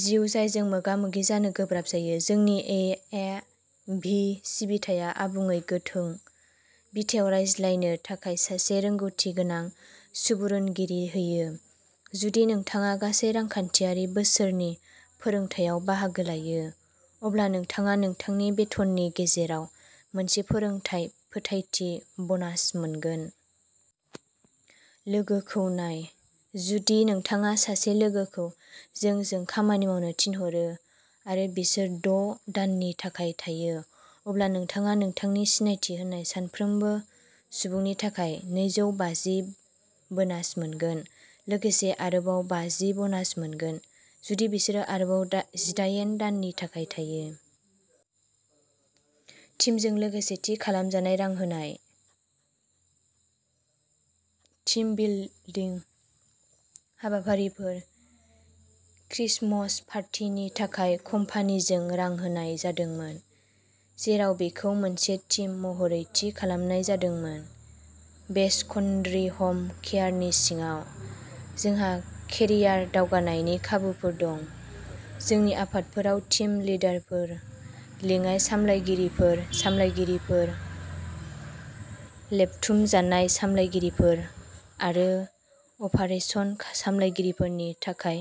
जिउ जायजों मोगा-मोगि जानो गोब्राब जायो। जोंनि इ. ए. बि. सिबिथाया आबुङै गोथों बिथायाव रायज्लायनो थाखाय सासे रोंग'थिगोनां सुबुरुनगिरि होयो। जुदि नोंथाङा गासै रांखान्थियारि बोसोरनि फोरोंथायाव बाहागो लायो, अब्ला नोंथाङा नोंथांनि बेथननि गेजेराव मोनसे फोरोंथाय फोथायथि बनास मोनगोन। लोगोखौ नाय। जुदि नोंथाङा सासे लोगोखौ जोंजों खामानि मावनो थिनहरो आरो बिसोर द' दाननि थाखाय थायो, अब्ला नोंथाङा नोंथांनि सिनायथि होनाय साफ्रोमबो सुबुंनि थाखाय नैजौनैजिबा बोनास मोनगोन, लोगोसे आरोबाव बाजि बनास मोनगोन जुदि बिसोरो आरोबाव जिडाइन दाननि थाखाय थायो। टीमजों लोगोसे थि खालामजानाय रां होनाय टीम-बिल्डिं हाबाफारिफोर। क्रिसमस पार्टिनि थाखाय कम्पानिजों रां होनाय जादोंमोन, जेराव बेखौ मोनसे टीम महरै थि खालामनाय जादोंमोन। वेस्टकन्ट्री हम केयारनि सिङाव जोंहा केरियार दावगानायनि खाबुफोर दं। जोंनि आफादफोराव टीम लिडारफोर, लेङाइ सामलायगिरिफोर, सामलायगिरिफोर, रेबथुमजानाय सामलायगिरिफोर आरो अपारेशन्स सामलायगिरिफोरनि थाखाय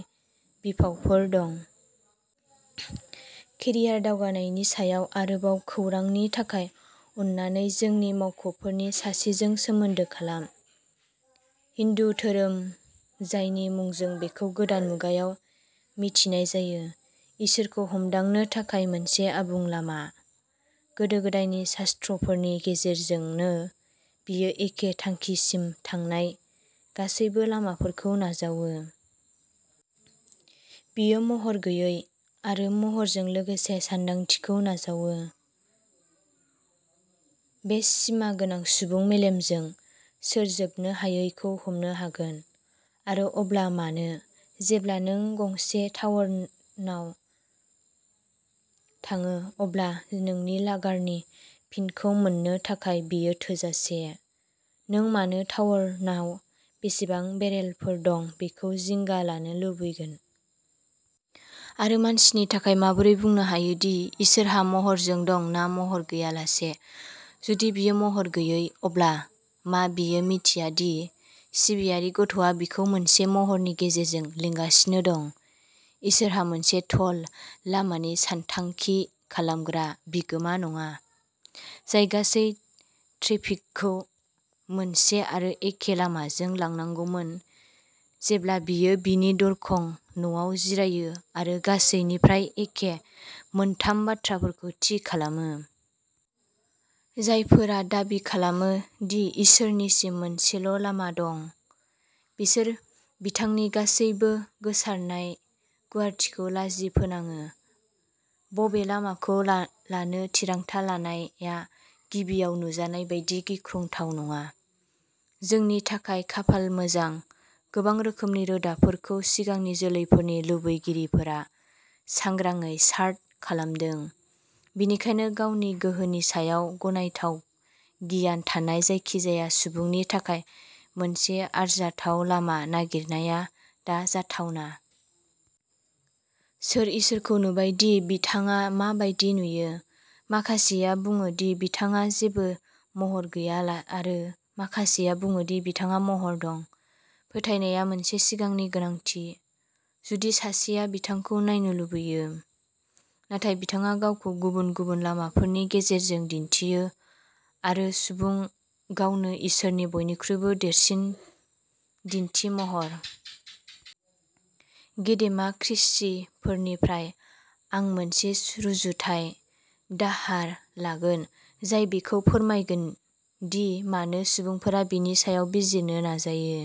बिफावफोर दं। केरियार दावगानायनि सायाव आरोबाव खौरांनि थाखाय अन्नानै जोंनि मावख'फोरनि सासेजों सोमोन्दो खालाम। हिन्दु धोरोम, जायनि मुंजों बेखौ गोदान मुगायाव मिथिनाय जायो, इसोरखौ हमदांनो थाखाय मोनसे आबुं लामा। गोदो गोदायनि शास्त्रफोरनि गेजेरजोंनो, बेयो एखे थांखिसिम थांनाय गासैबो लामाफोरखौ नाजावो। बेयो महर गैयै आरो महरजों लोगोसे सानदांथिखौ नाजावो। बे सिमा गोनां सुबुं मेलेमजों सोर जोबनो हायैखौ हमनो हागोन? आरो अब्ला मानो? जेब्ला नों गंसे टावारनाव थाङो, अब्ला नोंनि लागारनि पिन्टखौ मोननो थाखाय बेयो थोजासे; नों मानो टावारनाव बेसेबां बेरेलफोर दं बेखौ जिंगा लानो लुबैगोन। आरो मानसिनि थाखाय माबोरै बुंनो हायोदि इसोरआ महरजों दं ना महर गैयालासे। जुदि बियो महर गैयै, अब्ला मा बियो मिन्थिया दि सिबियारि गथ'आ बिखौ मोनसे महरनि गेजेरजों लिंगासिनो दं? इसोरआ मोनसे ट'ल लामानि सानथांखि खालामग्रा बिगोमा नङा, जाय गासै ट्रेफिकखौ मोनसे आरो एखे लामाजों लांनांगौमोन, जेब्ला बियो बिनि दरखं न'आव जिरायो आरो गासैनिफ्राय एखे मोनथाम बाथ्राफोरखौ थि खालामो। जायफोरा दाबि खालामो दि इसोरसिम मोनसेल'लामा दं, बिसोर बिथांनि गासैबो गोसारनाय गुवारथिखौ लाजिफोनाङो। बबे लामाखौ लानो थिरांथा लानाया गिबियाव नुजानायबादि गिख्रंथाव नङा। जोंनि थाखाय खाफाल मोजां, गोबां रोखोमनि रोदाफोरखौ सिगांनि जोलैफोरनि लुबैगिरिफोरा सांग्राङै चार्ट खालामदों, बेनिखायनो गावनि गोहोनि सायाव गनायथाव गियान थानाय जायखिजाया सुबुंनि थाखाय मोनसे आरजाथाव लामा नागिरनाया दा जाथावना। सोर इसोरखौ नुबाय दि बिथाङा मा बायदि नुयो? माखासेया बुङो दि बिथांहा जेबो महर गैया आरो माखासेया बुङो दि बिथांहा महर दं। फोथायनाया मोनसे सिगांनि गोनांथि, जुदि सासेया बिथांखौ नायनो लुबैयो। नाथाय बिथाङा गावखौ गुबुन-गुबुन लामाफोरनि गेजेरजों दिन्थियो आरो सुबुं गावनो इसोरनि बयनिख्रुइबो देरसिन दिन्थिमहर। गेदेमा ऋषिफोरनिफ्राय, आं मोनसे रुजुथाय दाहार लागोन जाय बेखौ फोरमायगोन दि मानो सुबुंफोरा बेनि सायाव बिजिरनो नाजायो।